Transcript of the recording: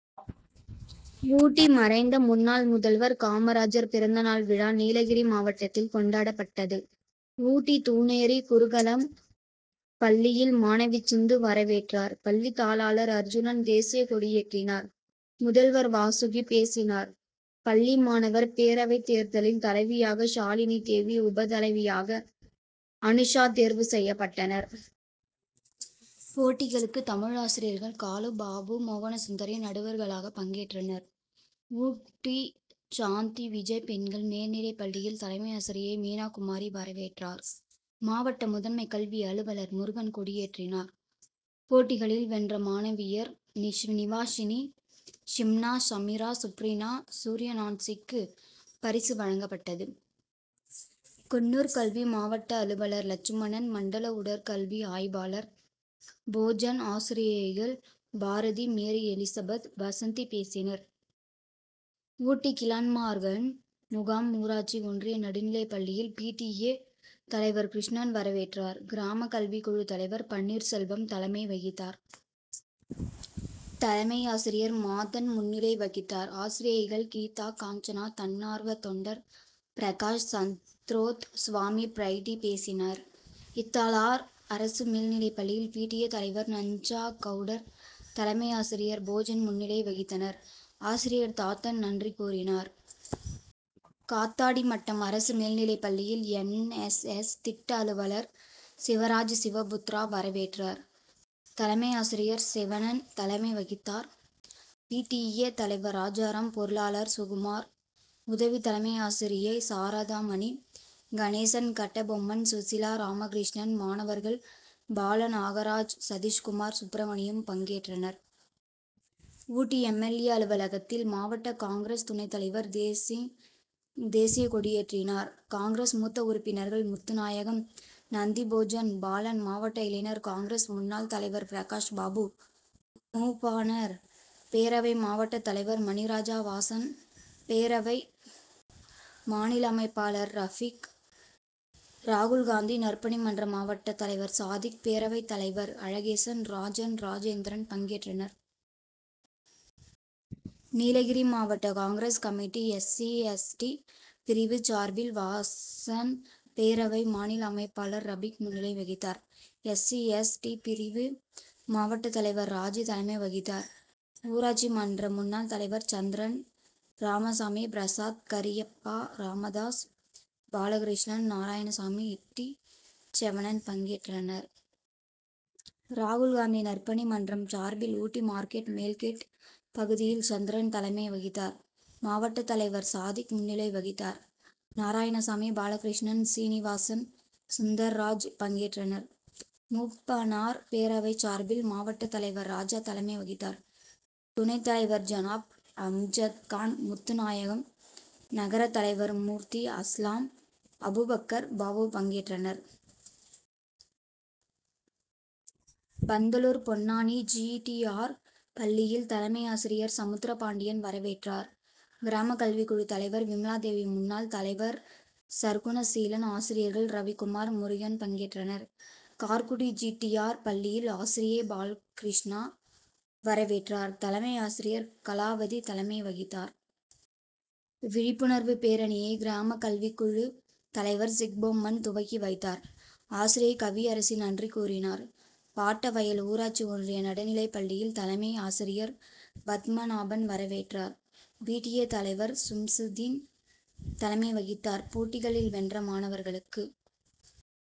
ஊட்டி மறைந்த முன்னாள் முதல்வர் காமராஜர் பிறந்த நாள் விழா, நீலகிரி மாவட்டத்தில் கொண்டாடப்பட்டது. ஊட்டி தூனேரி குருகுலம் பள்ளியில், மாணவி சிந்து வரவேற்றார். பள்ளி தாளாளர் அர்ஜுனன், தேசியக் கொடியேற்றினார். முதல்வர் வாசுகி பேசினார். பள்ளி மாணவர் பேரவைத் தேர்தலில், தலைவியாக ஷாலினி தேவி, உப தலைவியாக அனுஷா தேர்வு செய்யப்பட்டனர். போட்டிகளுக்கு, தமிழ் ஆசிரியர்கள் காலு, பாபு, மோகனசுந்தரி நடுவர்களாக பங்கேற்றனர். ஊட்டி சாந்தி விஜய் பெண்கள் மேல்நிலைப் பள்ளியில், தலைமை ஆசிரியை மீனாகுமாரி வரவேற்றார். மாவட்ட முதன்மை கல்வி அலுவலர் முருகன் கொடியேற்றினார். போட்டிகளில் வென்ற மாணவியர் நிவாஷனி, ஷிம்னா, சமீரா, சுப்ரீனா, சூர்யநான்சிக்கு பரிசு வழங்கப்பட்டது. குன்னூர் கல்வி மாவட்ட அலுவலர் லட்சுமணன், மண்டல உடற்கல்வி ஆய்வாளர் போஜன், ஆசிரியைகள் பாரதி, மேரி எலிசபெத், வசந்தி பேசினர். ஊட்டி கிளன்மார்கன் முகாம் ஊராட்சி ஒன்றிய நடுநிலைப் பள்ளியில், பி. டி. ஏ., தலைவர் கிருஷ்ணன் வரவேற்றார். கிராம கல்விக்குழு தலைவர் பன்னீர் செல்வம் தலைமை வகித்தார். தலைமை ஆசிரியர் மாதன் முன்னிலை வகித்தார். ஆசிரியைகள் கீதா, காஞ்சனா, தன்னார்வ தொண்டர் பிரகாஷ் சந்ரோத், சுவாமி பிரைட்டி பேசினர். இத்தலார் அரசு மேல்நிலைப் பள்ளியில், பி. டி. ஏ., தலைவர் நஞ்சாகவுடர், தலைமை ஆசிரியர் போஜன் முன்னிலை வகித்தனர். ஆசிரியர் தாத்தன் நன்றி கூறினார். காத்தாடிமட்டம் அரசு மேல்நிலைப் பள்ளியில், என். எஸ். எஸ்., திட்ட அலுவலர் சிவராஜ் சிவபுத்திரா வரவேற்றார். தலைமை ஆசிரியர் செவணன் தலைமை வகித்தார். பி. டி. ஏ., தலைவர் ராஜாராம், பொருளாளர் சுகுமார், உதவி தலைமை ஆசிரியை சாரதாமணி, கணேசன், கட்டபொம்மன், சுசிலா, ராமகிருஷ்ணன், மாணவர்கள் பாலநாகராஜ், சதீஷ்குமார், சுப்ரமணியம் பங்கேற்றனர். ஊட்டி எம். எல். ஏ., அலுவலகத்தில், மாவட்ட காங்., துணைத் தலைவர் தேசிங், தேசியக் கொடியேற்றினார். காங்., மூத்த உறுப்பினர்கள் முத்துநாயகம், நந்திபோஜன், பாலன், மாவட்ட இளைஞர் காங்., முன்னாள் தலைவர் பிரகாஷ் பாபு, மூப்பனார் பேரவை மாவட்ட தலைவர் மணிராஜா, வாசன் பேரவை மாநில அமைப்பாளர் ரபீக், ராகுல்காந்தி நற்பணி மன்ற மாவட்ட தலைவர் சாதிக், பேரவைத் தலைவர் அழகேசன், ராஜன், ராஜேந்திரன் பங்கேற்றனர். நீலகிரி மாவட்ட Congress., committee S. C., S. T., பிரிவு சார்பில், வாசன் பேரவை மாநில அமைப்பாளர் ரபிக் முன்னிலை வகித்தார். எஸ். சி.,எஸ். டி., பிரிவு மாவட்ட தலைவர் ராஜி தலைமை வகித்தார். ஊராட்சி மன்ற முன்னாள் தலைவர் சந்திரன், ராமசாமி, பிரசாத், கரியப்பா, ராமதாஸ், பாலகிருஷ்ணன், நாரயணசாமி, இட்டி செவணன் பங்கேற்றனர். ராகுல்காந்தி நற்பணி மன்றம் சார்பில், ஊட்டி மார்க்கெட் மேல்கேட் பகுதியில், சந்திரன் தலைமை வகித்தார். மாவட்ட தலைவர் சாதிக் முன்னிலை வகித்தார். நாராயணசாமி, பாலகிருஷ்ணன், சீனிவாசன், சுந்தர்ராஜ் பங்கேற்றனர். மூப்பனார் பேரவை சார்பில், மாவட்ட தலைவர் ராஜா தலைமை வகித்தார். துணைத் தலைவர் ஜனாப், அம்ஜத்கான், முத்துநாயகம், நகரத் தலைவர் மூர்த்தி, அஸ்லாம், அபுபக்கர், பாபு பங்கேற்றனர். Pandalur Ponnani G. T. R., பள்ளியில், தலைமை ஆசிரியர் சமுத்திரப்பாண்டியன் வரவேற்றார். கிராம கல்விக்குழு தலைவர் விமலாதேவி, முன்னாள் தலைவர் சற்குணசீலன், ஆசிரியர்கள் ரவிக்குமார், முருகன் பங்கேற்றனர். கார்குடி ஜி. டி. ஆர்., பள்ளியில், ஆசிரியை பால்கிருஷ்டினா வரவேற்றார். தலைமை ஆசிரியர் கலாவதி தலைமை வகித்தார். விழிப்புணர்வு பேரணியை, கிராம கல்விக்குழு தலைவர் சிக்பொம்மன் துவக்கி வைத்தார். ஆசிரியை கவியரசி நன்றி கூறினார். பாட்டவயல் ஊராட்சி ஒன்றிய நடுநிலைப் பள்ளியில், தலைமை ஆசிரியர் பத்மநாபன் வரவேற்றார். பி. டி. ஏ., தலைவர் சம்சுதீன் தலைமை வகித்தார். போட்டிகளில் வென்ற மாணவர்களுக்கு